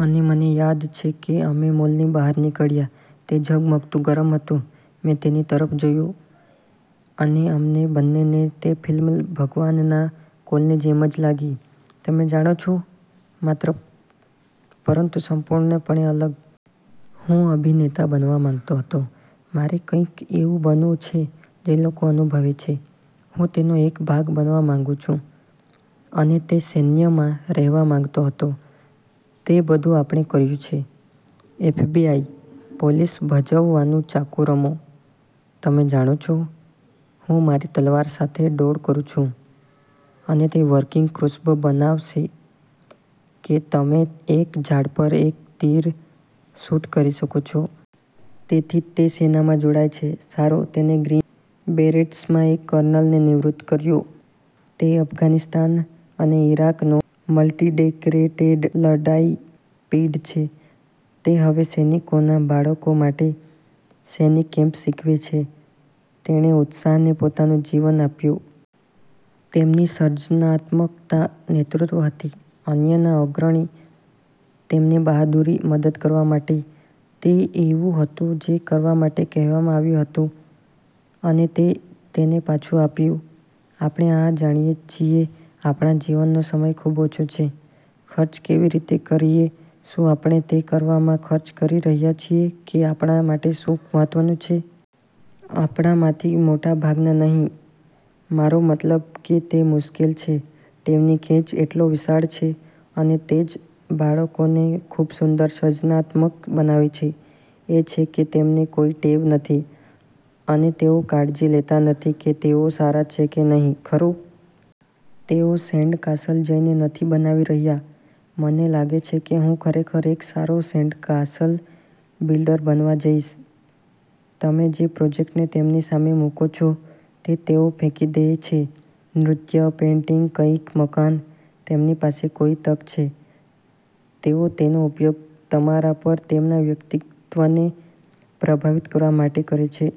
અને મને યાદ છે કે અમે મોલની બહાર નીકળ્યા, તે ઝગમગતું ગરમ હતું, મેં તેની તરફ જોયું, અને અમને બંનેને તે ફિલ્મ ભગવાનના કોલની જેમ જ લાગી. તમે જાણો છો? માત્ર... પરંતુ સંપૂર્ણપણે અલગ. હું અભિનેતા બનવા માંગતો હતો. મારે કંઈક એવું બનવું છે જે લોકો અનુભવે છે. હું તેનો એક ભાગ બનવા માંગું છું. અને તે સૈન્યમાં રહેવા માંગતો હતો. તે બધું આપણે કર્યું છે, એફબીઆઈ, પોલીસ ભજવવાનું ચાકુ રમો, તમે જાણો છો, હું મારી તલવાર સાથે ડોળ કરું છું, અને તે વર્કિંગ ક્રોસબો બનાવશે કે તમે એક ઝાડ પર એક તીર શૂટ કરી શકો છો. તેથી તે સેનામાં જોડાય છે. સારું, તેણે ગ્રીન બેરેટ્સમાં એક કર્નલને નિવૃત્ત કર્યો. તે અફઘાનિસ્તાન અને ઇરાકનો મલ્ટિડેકરેટેડ લડાઇ પીઢ છે. તે હવે સૈનિકોના બાળકો માટે સૈનિક કેમ્પ શીખવે છે. તેણે ઉત્સાહને પોતાનું જીવન આપ્યું. તેમની સર્જનાત્મકતા નેતૃત્વ હતી, અન્યના અગ્રણી, તેમની બહાદુરી, મદદ કરવા માટે. તે એવું હતું જે કરવા માટે કહેવામાં આવ્યું હતું, અને। તે તેને પાછું આપ્યું. આપણે આ જાણીએ છીએ આપણા જીવનનો સમય ખૂબ ઓછો છે, ખર્ચ કેવી રીતે કરીએ શું આપણે તે કરવામાં ખર્ચ કરી રહ્યા છીએ કે આપણા માટે શું મહત્વનું છે? આપણામાંથી મોટા ભાગના નહી. મારો મતલબ કે તે મુશ્કેલ છે. ટેવની ખેંચ એટલો વિશાળ છે, અને તે જ બાળકોને ખૂબ સુંદર સર્જનાત્મક બનાવે છે, એ છે કે તેમને કોઈ ટેવ નથી, અને તેઓ કાળજી લેતા નથી કે તેઓ સારા છે કે નહીં, ખરું? તેઓ સેન્ડકાસલ જઈને નથી બનાવી રહ્યા, "મને લાગે છે કે હું ખરેખર એક સારો સેન્ડકાસલ બિલ્ડર બનવા જઈશ. " તમે જે પ્રોજેક્ટને તેમની સામે મુકો છો તે તેઓ ફેંકી દે છે નૃત્ય, પેઇન્ટિંગ, કંઈક મકાન: તેમની પાસે કોઈ તક છે, તેઓ તેનો ઉપયોગ તમારા પર તેમના વ્યક્તિત્વને પ્રભાવિત કરવા માટે કરે છે.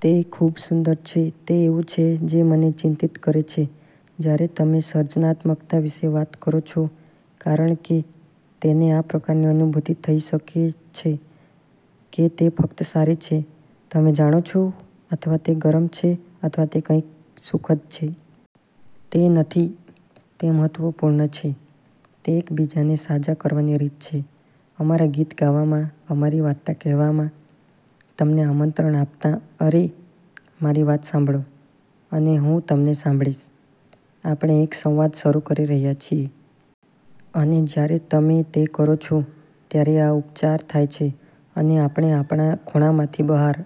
તે ખુબ સુંદર છે. તે એવું છે જે મને ચિંતિત કરે છે જ્યારે તમે સર્જનાત્મકતા વિશે વાત કરો છો, કારણ કે તેને આ પ્રકારની અનુભૂતિ થઈ શકે છે કે તે ફક્ત સારી છે, તમે જાણો છો, અથવા તે ગરમ છે અથવા તે કંઈક સુખદ છે. તે નથી. તે મહત્વપૂર્ણ છે. તે એકબીજાને સાજા કરવાની રીત છે. અમારા ગીત ગાવામાં, અમારી વાર્તા કહેવામાં, તમને આમંત્રણ આપતાં, "અરે, મારી વાત સાંભળો, અને હું તમને સાંભળીશ," આપણે એક સંવાદ શરૂ કરી રહ્યા છીએ. અને જ્યારે તમે તે કરો છો, ત્યારે આ ઉપચાર થાય છે, અને આપણે આપણા ખૂણામાંથી બહાર